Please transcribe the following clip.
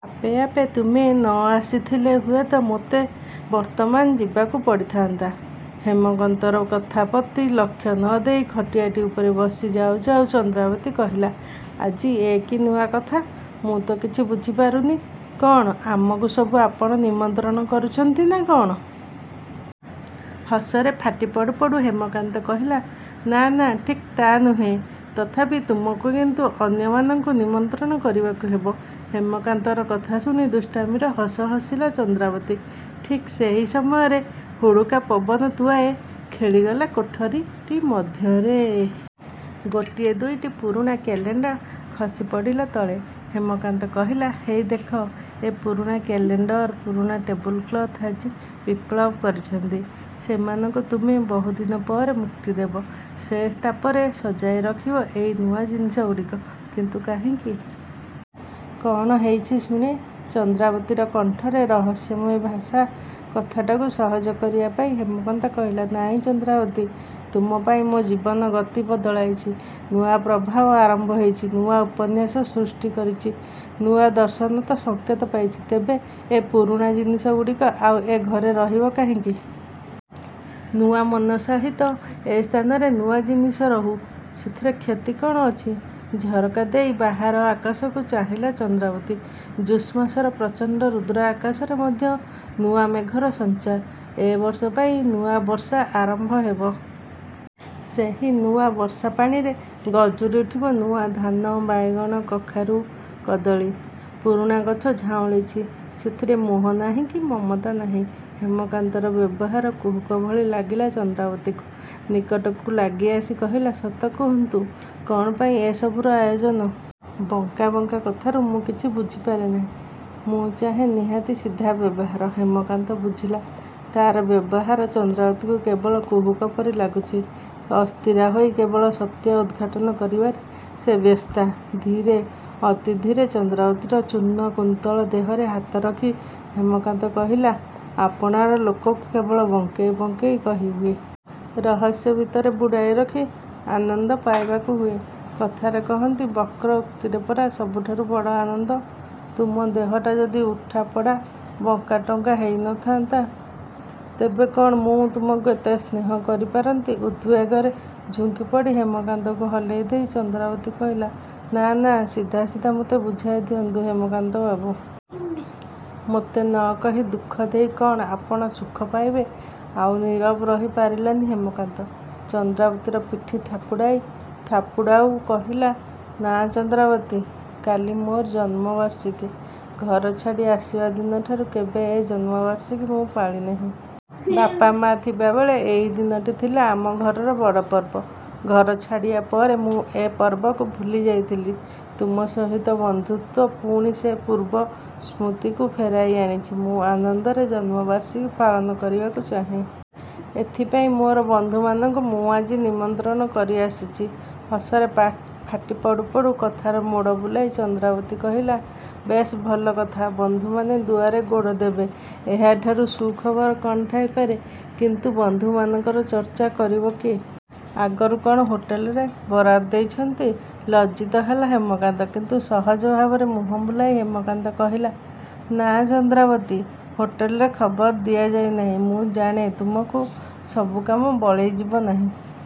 ଆପେ ଆପେ ତୁମେ ନ ଆସିଥିଲେ ହୁଏତ ମୋତେ ବର୍ତ୍ତମାନ ଯିବାକୁ ପଡ଼ିଥାନ୍ତା। '' ହେମକାନ୍ତର କଥା ପ୍ରତି ଲକ୍ଷ୍ୟ ନ ଦେଇ ଖଟିଆଟି ଉପରେ ବସି ଯାଉ ଯାଉ ଚନ୍ଦ୍ରାବତୀ କହିଲା''ଆଜି ଏ କି ନୂଆ କଥା। ମୁଁ ତ କିଛି ବୁଝିପାରୁନି। କ'ଣ ଆମକୁ ସବୁ ଆପଣ ନିମନ୍ତ୍ରଣ କରୁଛନ୍ତି ନାଁ କ'ଣ? '' ହସରେ ଫାଟି ପଡ଼ୁ ପଡ଼ୁ ହେମକାନ୍ତ କହିଲା ''ନାଁ ନାଁ ଠିକ୍ ତା' ନୁହେଁ, ତଥାପି ତୁମକୁ କିନ୍ତୁ ଅନ୍ୟମାନଙ୍କୁ ନିମନ୍ତ୍ରଣ କରିବାକୁ ହେବ। '' ହେମକାନ୍ତର କଥା ଶୁଣି ଦୁଷ୍ଟାମୀର ହସ ହସିଲା ଚନ୍ଦ୍ରାବତୀ। ଠିକ୍ ସେହି ସମୟରେ ହୁଡ଼ୁକା ପବନ ତୁଆଏ ଖେଳିଗଲା କୋଠରୀଟି ମଧ୍ୟରେ। ଗୋଟିଏ ଦୁଇଟି ପୁରୁଣା କ୍ୟାଲେଣ୍ଡର ଖସିପଡ଼ିଲା ତଳେ। ହେମକାନ୍ତ କହିଲା ''ହେଇ ଦେଖ ଏ ପୁରୁଣା କ୍ୟାଲେଣ୍ଡର, ପୁରୁଣା ଟେବୁଲ କ୍ଲଥ୍ ଆଜି ବିପ୍ଲବ କରିଛନ୍ତି। ସେମାନଙ୍କୁ ତୁମେ ବହୁଦିନ ପରେ ମୁକ୍ତି ଦେବ। ସେ ସ୍ଥାପରେ ସଜାଇ ରଖିବ ଏଇ ନୂଆ ଜିନିଷଗୁଡ଼ିକୁ। '' ''କିନ୍ତୁ କାହିଁକି? କ'ଣ ହେଇଛି ଶୁଣେ। '' ଚନ୍ଦ୍ରାବତୀର କଣ୍ଠରେ ରହସ୍ୟମୟୀ ଭାଷା। କଥାଟାକୁ ସହଜ କରିବା ପାଇଁ ହେମକାନ୍ତ କହିଲା''ନାଇଁ ଚନ୍ଦ୍ରାବତୀ, ତୁମପାଇଁ ମୋ ଜୀବନ ଗତି ବଦଳାଇଛି। ନୂଆ ପ୍ରବାହ ଆରମ୍ଭ ହୋଇଛି, ନୂଆ ଉପନ୍ୟାସ ସୃଷ୍ଟି କରିଛି, ନୂଆ ଦର୍ଶନତ ସଙ୍କେତ ପାଇଛି। ତେବେ ଏ ପୁରୁଣା ଜିନିଷଗୁଡ଼ିକ ଆଉ ଏ ଘରେ ରହିବ କାହିଁକି? ନୂଆ ମନ ସହିତ ଏ ସ୍ଥାନରେ ନୂଆ ଜିନିଷ ରହୁ। ସେଥିରେ କ୍ଷତି କ'ଣ ଅଛି? '' ଝରକା ଦେଇ ବାହାର ଆକାଶକୁ ଚାହିଁଲା ଚନ୍ଦ୍ରାବତୀ। ଜୁନ୍ମାସର ପ୍ରଚଣ୍ଡ ରୁଦ୍ର ଆକାଶରେ ମଧ୍ୟ ନୂଆ ମେଘର ସଞ୍ଚାର। ଏ ବର୍ଷ ପାଇଁ ନୂଆ ବର୍ଷା ଆରମ୍ଭ ହେବ। ସେହି ନୂଆ ବର୍ଷା ପାଣିରେ ଗଜୁରି ଉଠିବ ନୂଆ ଧାନ, ବାଇଗଣ, କଖାରୁ, କଦଳୀ। ପୁରୁଣା ଗଛ ଝାଉଁଳିଛି। ସେଥିରେ ମୋହ ନାହିଁ କି ମମତା ନାହିଁ। ହେମକାନ୍ତର ବ୍ୟବହାର କୁହୁକ ଭଳି ଲାଗିଲା ଚନ୍ଦ୍ରାବତୀକୁ। ନିକଟକୁ ଲାଗି ଆସି କହିଲା ''ସତ କହନ୍ତୁ.. କ'ଣ ପାଇଁ ଏ ସବୁର ଆୟୋଜନ। ବଙ୍କା ବଙ୍କା କଥାରୁ ମୁଁ କିଛି ବୁଝି ପାରେନାହିଁ। ମୁଁ ଚାହେଁ ନିହାତି ସିଧା ବ୍ୟବହାର। '' ହେମକାନ୍ତ ବୁଝିଲା ତା'ର ବ୍ୟବହାର ଚନ୍ଦ୍ରାବତୀକୁ କେବଳ କୁହୁକ ପରି ଲାଗୁଛି। ଅସ୍ଥିରା ହୋଇ କେବଳ ସତ୍ୟ ଉଦ୍ଘାଟନ କରିବାରେ ସେ ବ୍ୟସ୍ତା। ଧୀରେ ଅତି ଧୀରେ ଚନ୍ଦ୍ରାବତୀର ଚୂର୍ଣ୍ଣ କୁନ୍ତଳ ଦେହରେ ହାତ ରଖି ହେମକାନ୍ତ କହିଲା''ଆପଣାର ଲୋକକୁ କେବଳ ବଙ୍କେଇ ବଙ୍କେଇ କହି ହୁଏ। ରହସ୍ୟ ଭିତରେ ବୁଡ଼ାଇରଖି ଆନନ୍ଦ ପାଇବାକୁ ହୁଏ। କଥାରେ କହନ୍ତି ବକ୍ର ଉକ୍ତିରେ ପରା ସବୁଠାରୁ ବଡ଼ ଆନନ୍ଦ। ତୁମ ଦେହଟା ଯଦି ଉଠା, ପଡ଼ା, ବଙ୍କା, ଟଙ୍କା ନ ହୋଇଥାନ୍ତା ତେବେ କ'ଣ ମୁଁ ତୁମକୁ ଏତେ ସ୍ନେହ କରି ପାରନ୍ତି? '' ଉଦ୍ବେଗରେ ଝୁଙ୍କି ପଡ଼ି ହେମକାନ୍ତକୁ ହଲେଇ ଦେଇ ଚନ୍ଦ୍ରାବତୀ କହିଲା''ନାଁ ନାଁ ସିଧା ସିଧା ମୋତେ ବୁଝାଇ ଦିଅନ୍ତୁ ହେମକାନ୍ତ ବାବୁ! ମୋତେ ନ କହି ଦୁଃଖ ଦେଇ କ'ଣ ଆପଣ ସୁଖ ପାଇବେ? '' ଆଉ ନୀରବ ରହି ପାରିଲାନି ହେମକାନ୍ତ। ଚନ୍ଦ୍ରାବତୀର ପିଠି ଥାପୁଡ଼ାଇ ଥାପୁଡ଼ାଉ କହିଲା''ନାଁ ଚନ୍ଦ୍ରାବତୀ! କାଲି ମୋର ଜନ୍ମବାର୍ଷିକୀ। ଘର ଛାଡ଼ି ଆସିବା ଦିନଠାରୁ କେବେ ଏ ଜନ୍ମବାର୍ଷିକୀ ମୁଁ ପାଳିନାହିଁ। ବାପା ମାଆ ଥିବାବେଳେ ଏଇ ଦିନଟି ଥିଲା ଆମ ଘରର ବଡ଼ ପର୍ବ। ଘର ଛାଡ଼ିବା ପରେ ମୁଁ ଏ ପର୍ବକୁ ଭୁଲି ଯାଇଥିଲି। ତୁମ ସହିତ ବନ୍ଧୁତ୍ୱ ପୁଣି ସେ ପୂର୍ବ ସ୍ମୃତିକୁ ଫେରାଇ ଆଣିଛି। ମୁଁ ଆନନ୍ଦରେ ଜନ୍ମବର୍ଷିକୀ ପାଳନ କରିବାକୁ ଚାହେଁ। ଏଥିପାଇଁ ମୋର ବନ୍ଧୁମାନଙ୍କୁ ମୁଁ ଆଜି ନିମନ୍ତ୍ରଣ କରି ଆସିଛି। '' ହସରେ ଫାଟି ପଡ଼ୁ ପଡ଼ୁ କଥାର ମୋଡ଼ ବୁଲାଇ ଚନ୍ଦ୍ରାବତୀ କହିଲା''ବେଶ୍ ଭଲ କଥା। ବନ୍ଧୁମାନେ ଦୁଆରେ ଗୋଡ଼ ଦେବେ ଏହାଠାରୁ ସୁଖବର କ'ଣ ଥାଇପାରେ? କିନ୍ତୁ ବନ୍ଧୁମାନଙ୍କର ଚର୍ଚ୍ଚା କରିବ କିଏ? ଆଗରୁ କ'ଣ ହୋଟେଲରେ ବରାଦ ଦେଇଛନ୍ତି? '' ଲଜ୍ଜିତ ହେଲା ହେମକାନ୍ତ କିନ୍ତୁ ସହଜ ଭାବରେ ମୁହଁ ବୁଲାଇ ହେମକାନ୍ତ କହିଲା''ନାଁ... ଚନ୍ଦ୍ରାବତୀ! ହୋଟେଲରେ ଖବର ଦିଆଯାଇ ନାହିଁ। ମୁଁ ଜାଣେ ତୁମକୁ, ସବୁ କାମ ବଳେଇ ଯିବନାହିଁ।